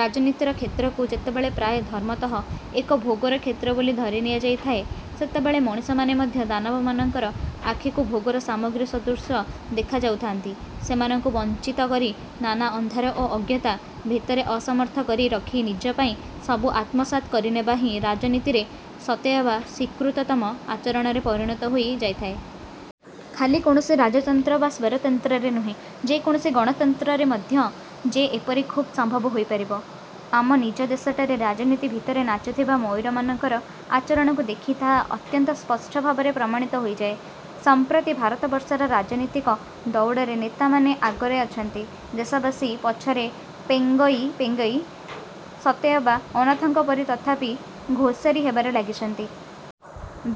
ରାଜନୀତିର କ୍ଷେତ୍ରକୁ ଯେତେବେଳେ ପ୍ରାୟ ଧର୍ମତଃ ଏକ ଭୋଗର କ୍ଷେତ୍ର ବୋଲି ଧରି ନିଆଯାଇଥାଏ, ସେତେବେଳେ ମଣିଷମାନେ ମଧ୍ୟ ଦାନବମାନଙ୍କର ଆଖିକୁ ଭୋଗର ସାମଗ୍ରୀ ସଦୃଶ ଦେଖାଯାଉଥାନ୍ତି। ସେମାନଙ୍କୁ ବଂଚିତ କରି, ନାନା ଅନ୍ଧାର ଓ ଅଜ୍ଞତା ଭିତରେ ଅସମର୍ଥ କରି ରଖି ନିଜ ପାଇଁ ସବୁ ଆତ୍ମସାତ୍ କରିନେବା ହିଁ ରାଜନୀତିରେ ସତେଅବା ସ୍ୱୀକୃତତମ ଆଚରଣରେ ପରିଣତ ହୋଇ ଯାଇଥାଏ। ଖାଲି କୌଣସି ରାଜତନ୍ତ୍ର ବା ସ୍ୱୈରତନ୍ତ୍ରରେ ନୁହେଁ, ଯେକୌଣସି ଗଣତନ୍ତ୍ରରେ ମଧ୍ୟ ଯେ ଏପରି ଖୁବ୍ ସମ୍ଭବ ହୋଇପାରିବ, ଆମ ନିଜ ଦେଶଟାରେ ରାଜନୀତି ଭିତରେ ନାଚୁଥିବା ମୟୁରମାନଙ୍କର ଆଚରଣକୁ ଦେଖି ତାହା ଅତ୍ୟନ୍ତ ସ୍ପଷ୍ଟ ଭାବରେ ପ୍ରମାଣିତ ହୋଇଯାଏ। ସଂପ୍ରତି ଭାରତବର୍ଷର ରାଜନୀତିକ ଦଉଡ଼ରେ ନେତାମାନେ ଆଗରେ ଅଛନ୍ତି, ଦେଶବାସୀ ପଛରେ ପେଙ୍ଗଇ, ପେଙ୍ଗଇ ସତେଅବା ଅନାଥଙ୍କ ପରି ତଥାପି ଘୋଷାରି ହେବାରେ ଲାଗିଛନ୍ତି।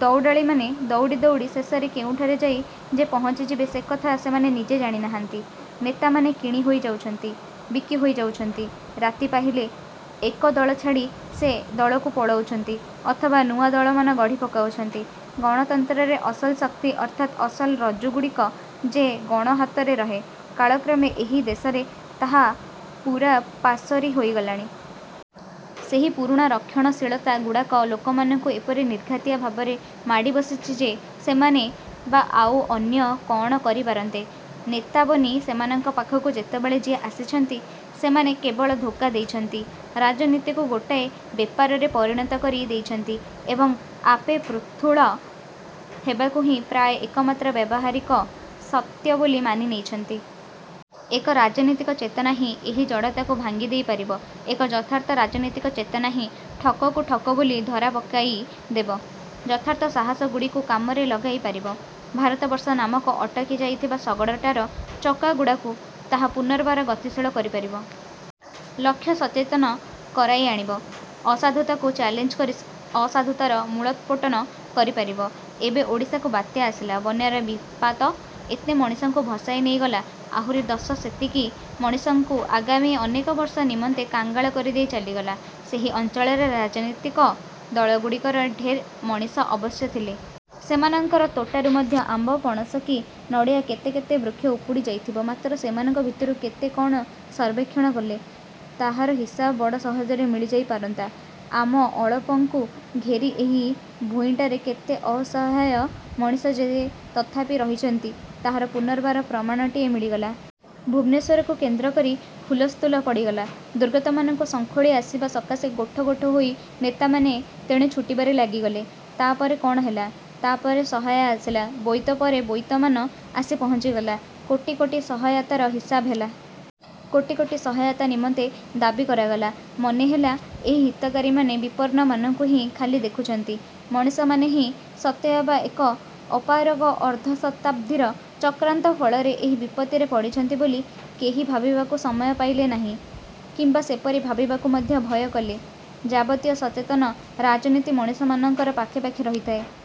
ଦଉଡାଳିମାନେ ଦଉଡ଼ି ଦଉଡ଼ି ଶେଷରେ କେଉଁଠାରେ ଯାଇ ଯେ ପହଂଚିବେ, ସେକଥା ସେମାନେ ନିଜେ ଜାଣିନାହାନ୍ତି। ନେତାମାନେ କିଣି ହୋଇ ଯାଉଛନ୍ତି, ବିକିହୋଇ ଯାଉଛନ୍ତି। ରାତି ପାହିଲେ, ଏ ଦଳ ଛାଡ଼ି ସେ ଦଳକୁ ପଳାଉଛନ୍ତି, ଅଥବା ନୂଆ ଦଳମାନ ଗଢ଼ି ପକାଉଛନ୍ତି। ଗଣତନ୍ତ୍ରରେ ଅସଲ ଶକ୍ତି ଅର୍ଥାତ୍ ଅସଲ ରଜ୍ଜୁଗୁଡ଼ିକ ଯେ ଗଣହାତରେ ରହେ, କାଳକ୍ରମେ ଏହି ଦେଶରେ ତାହା ପୂରା ପାସୋରି ହୋଇଗଲାଣି। ସେହି ପୁରୁଣା ରକ୍ଷଣଶୀଳତା ଗୁଡ଼ାକ ଲୋକମାନଙ୍କୁ ଏପରି ନିର୍ଘାତିଆ ଭାବରେ ମାଡ଼ିବସିଛି ଯେ, ସେମାନେ ବା ଆଉ ଅନ୍ୟ କଅଣ କରିପାରନ୍ତେ! ନେତା ବନି ସେମାନଙ୍କ ପାଖକୁ ଯେତେବେଳେ ଯିଏ ଆସିଛନ୍ତି, ସେମାନେ କେବଳ ଧୋକା ଦେଇଛନ୍ତି। ରାଜନୀତିକୁ ଗୋଟାଏ ବେପାରରେ ପରିଣତ କରି ଦେଇଛନ୍ତି ଏବଂ ଆପେ ପୃଥୁଳ ହେବାକୁ ହିଁ ପ୍ରାୟ ଏକମାତ୍ର ବ୍ୟବହାରିକ ସତ୍ୟ ବୋଲି ମାନି ନେଇଛନ୍ତି। ଏକ ରାଜନୀତିକ ଚେତନା ହିଁ ଏହି ଜଡ଼ତାକୁ ଭାଙ୍ଗିଦେଇ ପାରିବ। ଏକ ଯଥାର୍ଥ ରାଜନୀତିକ ଚେତନା ହିଁ ଠକକୁ ଠକ ବୋଲି ଧରା ପକାଇଦେବ। ଯଥାର୍ଥ ସାହସଗୁଡ଼ିକୁ କାମରେ ଲଗାଇ ପାରିବ। ଭାରତବର୍ଷ ନାମକ ଅଟକି ଯାଇଥିବା ଶଗଡ଼ଟାର ଚକାଗୁଡ଼ାକୁ ତାହା ପୁନର୍ବାର ଗତିଶୀଳ କରିପାରିବ। ଲକ୍ଷ୍ୟସଚେତନ କରାଇ ଆଣିବ। ଅସାଧୁତାକୁ ଚ୍ୟାଲେଞ୍ଜ କରି ଅସାଧୁତାର ମୂଳୋତ୍ପାଟନ କରିପାରିବ। ଏବେ ଓଡ଼ିଶାକୁ ବାତ୍ୟା ଆସିଲା, ବନ୍ୟାର ବିତ୍ପାତ ଏତେ ମଣିଷଙ୍କୁ ଭସାଇ ନେଇଗଲା, ଆହୁରି ଦଶ ସେତିକି ମଣିଷଙ୍କୁ ଆଗାମୀ ଅନେକ ବର୍ଷ ନିମନ୍ତେ କାଙ୍ଗାଳ କରିଦେଇ ଚାଲିଗଲା। ସେହି ଅଂଚଳରେ ରାଜନୀତିକ ଦଳଗୁଡ଼ିକର ଢେର ମଣିଷ ଅବଶ୍ୟ ଥିଲେ। ସେମାନଙ୍କର ତୋଟାରୁ ମଧ୍ୟ ଆମ୍ବ, ପଣସ କି ନଡ଼ିଆ କେତେ କେତେ ବୃକ୍ଷ ଉପୁଡ଼ି ଯାଇଥିବ ମାତ୍ର ସେମାନଙ୍କ ଭିତରୁ କେତେ କଅଣ ସର୍ବେକ୍ଷଣ କଲେ, ତାହାର ହିସାବ ବଡ଼ ସହଜରେ ମିଳିଯାଇ ପାରନ୍ତା। ଆମ ଅଳପଙ୍କୁ ଘେରି ଏହି ଭୂଇଁଟାରେ କେତେ ଅସହାୟ ମଣିଷ ଯେ ତଥାପି ରହିଛନ୍ତି, ତାହାର ପୁନର୍ବାର ପ୍ରମାଣଟିଏ ମିଳିଗଲା। ଭୁବନେଶ୍ୱରକୁ କେନ୍ଦ୍ର କରି ହୁଲସ୍ତୁଲ ପଡ଼ିଗଲା। ଦୁର୍ଗତମାନଙ୍କୁ ସଂଖୋଳି ଆସିବା ସକାଶେ ଗୋଠ ,ଗୋଠ ହୋଇ ନେତାମାନେ ତେଣେ ଛୁଟିବାରେ ଲାଗିଗଲେ। ତା' ପରେ କ'ଣ ହେଲା? ତା'ପରେ ସହାୟ ଆସିଲା, ବୋଇତ ପରେ ବୋଇତମାନ ଆସି ପହଞ୍ଚିଗଲା। କୋଟି କୋଟି ସହାୟତାର ହିସାବ ହେଲା। କୋଟି କୋଟି ସହାୟତା ନିମନ୍ତେ ଦାବି କରାଗଲା। ମନେହେଲା, ଏହି ହିତକାରୀମାନେ ବିପନ୍ନମାନଙ୍କୁ ହିଁ ଖାଲି ଦେଖୁଛନ୍ତି, ମଣିଷମାନେ ହିଁ ସତେଅବା ଏକ ଅପାରଗ ଅର୍ଦ୍ଧଶତାବ୍ଦୀର ଚକ୍ରାନ୍ତ ଫଳରେ ଏହି ବିପତ୍ତିରେ ପଡ଼ିଛନ୍ତି ବୋଲି କେହି ଭାବିବାକୁ ସମୟ ପାଇଲେ ନାହିଁ। କିମ୍ବା ସେପରି ଭାବିବାକୁ ମଧ୍ୟ ଭୟ କଲେ। ଯାବତୀୟ ସଚେତନ ରାଜନୀତି ମଣିଷମାନଙ୍କର ପାଖେ ପାଖେ ରହିଥାଏ।